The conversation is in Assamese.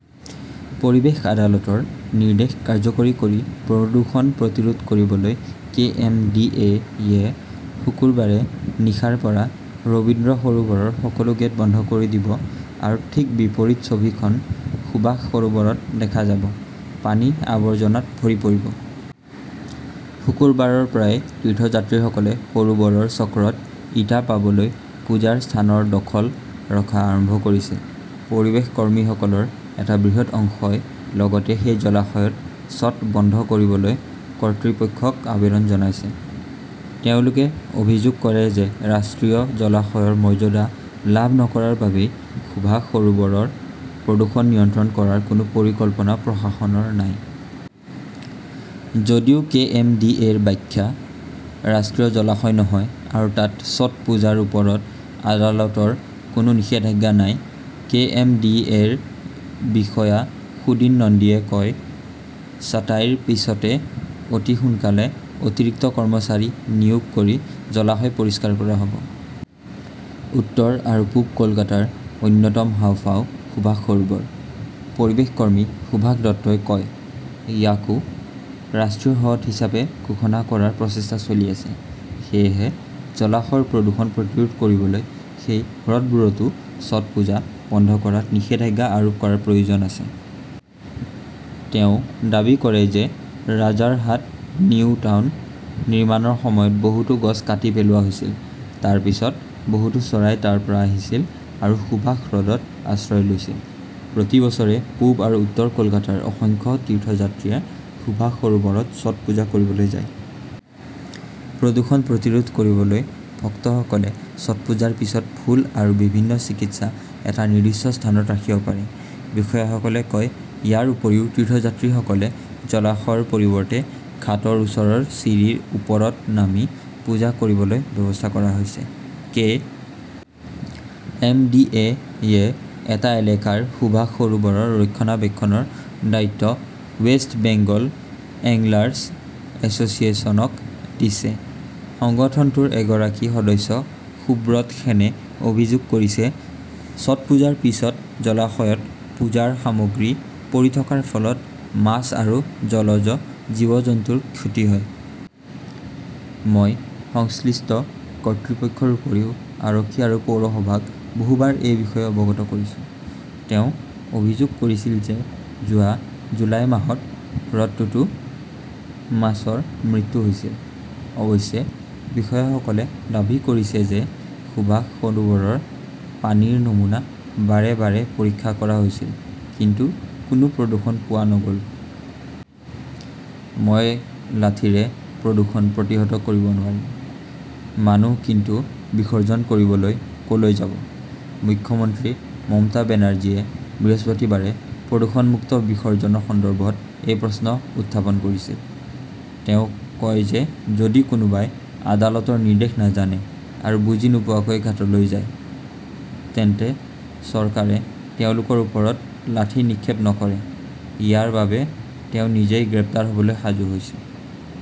পৰিৱেশ আদালতৰ নিৰ্দেশ কাৰ্যকৰী কৰি প্ৰদূষণ প্ৰতিৰোধ কৰিবলৈ কে. এম. ডি. এ. -য়ে শুকুৰবাৰে নিশাৰ পৰা ৰবীন্দ্ৰ সৰোবৰৰ সকলো গেট বন্ধ কৰি দিব আৰু ঠিক বিপৰীত ছবিখন সুভাষ সৰোবৰত দেখা যাব। পানী আবৰ্জনাত ভৰি পৰিব। শুকুৰবাৰৰ পৰাই তীৰ্থযাত্ৰীসকলে সৰোবৰ চক্ৰত ইটা পাবলৈ পূজাৰ স্থানৰ 'দখল' ৰখা আৰম্ভ কৰিছে। পৰিৱেশ কৰ্মীসকলৰ এটা বৃহৎ অংশই লগতে সেই জলাশয়ত ছট বন্ধ কৰিবলৈ কৰ্তৃপক্ষক আবেদন জনাইছে। তেওঁলোকে অভিযোগ কৰে যে ৰাষ্ট্ৰীয় জলাশয়ৰ মৰ্যাদা লাভ নকৰাৰ বাবেই সুভাষ সৰোবৰৰ প্ৰদূষণ নিয়ন্ত্ৰণ কৰাৰ কোনো পৰিকল্পনা প্ৰশাসনৰ নাই। যদিও কে. এম. ডি. এ. -ৰ ব্যাখ্যা, ৰাষ্ট্ৰীয় জলাশয় নহয় আৰু তাত ছট পূজাৰ ওপৰত আদালতৰ কোনো নিষেধাজ্ঞা নাই। কে. এম. ডি. এ.ৰ বিষয়া সুদিন নন্দীয়ে কয়, "ছাঁটাইৰ পিছতে অতি সোনকালে অতিৰিক্ত কৰ্মচাৰী নিয়োগ কৰি জলাশয় পৰিষ্কাৰ কৰা হ'ব। "উত্তৰ আৰু পূব কলকাতাৰ অন্যতম হাঁওফাঁও সুভাষ সৰোবৰ" পৰিৱেশ কৰ্মী সুভাষ দত্তই কয়। ইয়াকও ৰাষ্ট্ৰীয় হ্ৰদ হিচাপে ঘোষণা কৰাৰ প্ৰচেষ্টা চলি আছে। সেয়েহে জলাশয়ৰ প্ৰদূষণ প্ৰতিৰোধ কৰিবলৈ সেই হ্ৰদবোৰতো ছটপূজা বন্ধ কৰাত নিষেধাজ্ঞা আৰোপ কৰাৰ প্ৰয়োজন আছে। "তেওঁ দাবী কৰে যে ৰাজাৰহাট-নিউ টাউন নিৰ্মাণৰ সময়ত বহুতো গছ কাটি পেলোৱা হৈছিল। তাৰ পিছত বহুতো চৰাই তাৰ পৰা আহিছিল আৰু সুভাষ হ্ৰদত আশ্ৰয় লৈছিল। প্ৰতি বছৰে পূব আৰু উত্তৰ কলকাতাৰ অসংখ্য তীৰ্থযাত্ৰীয়ে সুভাষ সৰোবৰত ছট পূজা কৰিবলৈ যায়। প্ৰদূষণ প্ৰতিৰোধ কৰিবলৈ ভক্তসকলে ছটপুজাৰ পিছত ফুল আৰু বিভিন্ন চিকিৎসা এটা নিৰ্দিষ্ট স্থানত ৰাখিব পাৰে, বিষয়াসকলে কয়। ইয়াৰ উপৰিও, তীৰ্থযাত্ৰীসকলে জলাশয়ৰ পৰিৱৰ্তে ঘাটৰ ওচৰৰ চিৰিৰ ওপৰত নামি পূজা কৰিবলৈ ব্যৱস্থা কৰা হৈছে। কে. এম. ডি. এ. -য়ে এটা এলেকাৰ সুভাষ সৰোবৰৰ ৰক্ষণাবেক্ষণৰ দায়িত্ব "ৱেষ্ট বেংগল এঙ্গেলাৰ্ছ এছ'চিয়েশ্যন"-ক দিছে। সংগঠনটোৰ এগৰাকী সদস্য সুব্ৰত সেনে অভিযোগ কৰিছে, "ছটপুজাৰ পিছত জলাশয়ত পূজাৰ সামগ্ৰী পৰি থকাৰ ফলত মাছ আৰু জলজ জীৱ-জন্তুৰ ক্ষতি হয়। মই সংশ্লিষ্ট কৰ্তৃপক্ষৰ উপৰিও আৰক্ষী আৰু পৌৰসভাক বহুবাৰ এই বিষয়ে অৱগত কৰিছো। "তেওঁ অভিযোগ কৰিছিল যে যোৱা জুলাই মাহত হ্ৰদটোতও মাছৰ মৃত্যু হৈছিল। অৱশ্যে, বিষয়াসকলে দাবী কৰিছে যে সুভাষ সৰোবৰৰ পানীৰ নমুনা বাৰে বাৰে পৰীক্ষা কৰা হৈছিল, কিন্তু কোনো প্ৰদূষণ পোৱা নগ "ল। 'মই লাঠিৰে প্ৰদূষণ প্ৰতিহত কৰিব নোৱাৰিম' মানুহ কিন্তু বিসৰ্জন কৰিবলৈ ক'লৈ যাব? মুখ্যমন্ত্ৰী মমতা বেনাৰ্জীয়ে বৃহস্পতিবাৰে 'প্ৰদূষণমুক্ত "বিসৰ্জনৰ সন্দৰ্ভত এই প্ৰশ্ন উত্থাপন কৰিছিল। তেওঁ কয় যে যদি কোনোবাই আদালতৰ নিৰ্দেশ নাজানে আৰু বুজি নোপোৱাকৈ ঘাটলৈ যায়, তেন্তে চৰকাৰে তেওঁলোকৰ ওপৰত লাঠি নিক্ষেপ নকৰে। ইয়াৰ বাবে তেওঁ নিজেই গ্ৰেপ্তাৰ হ'বলৈ সাজু হৈছে।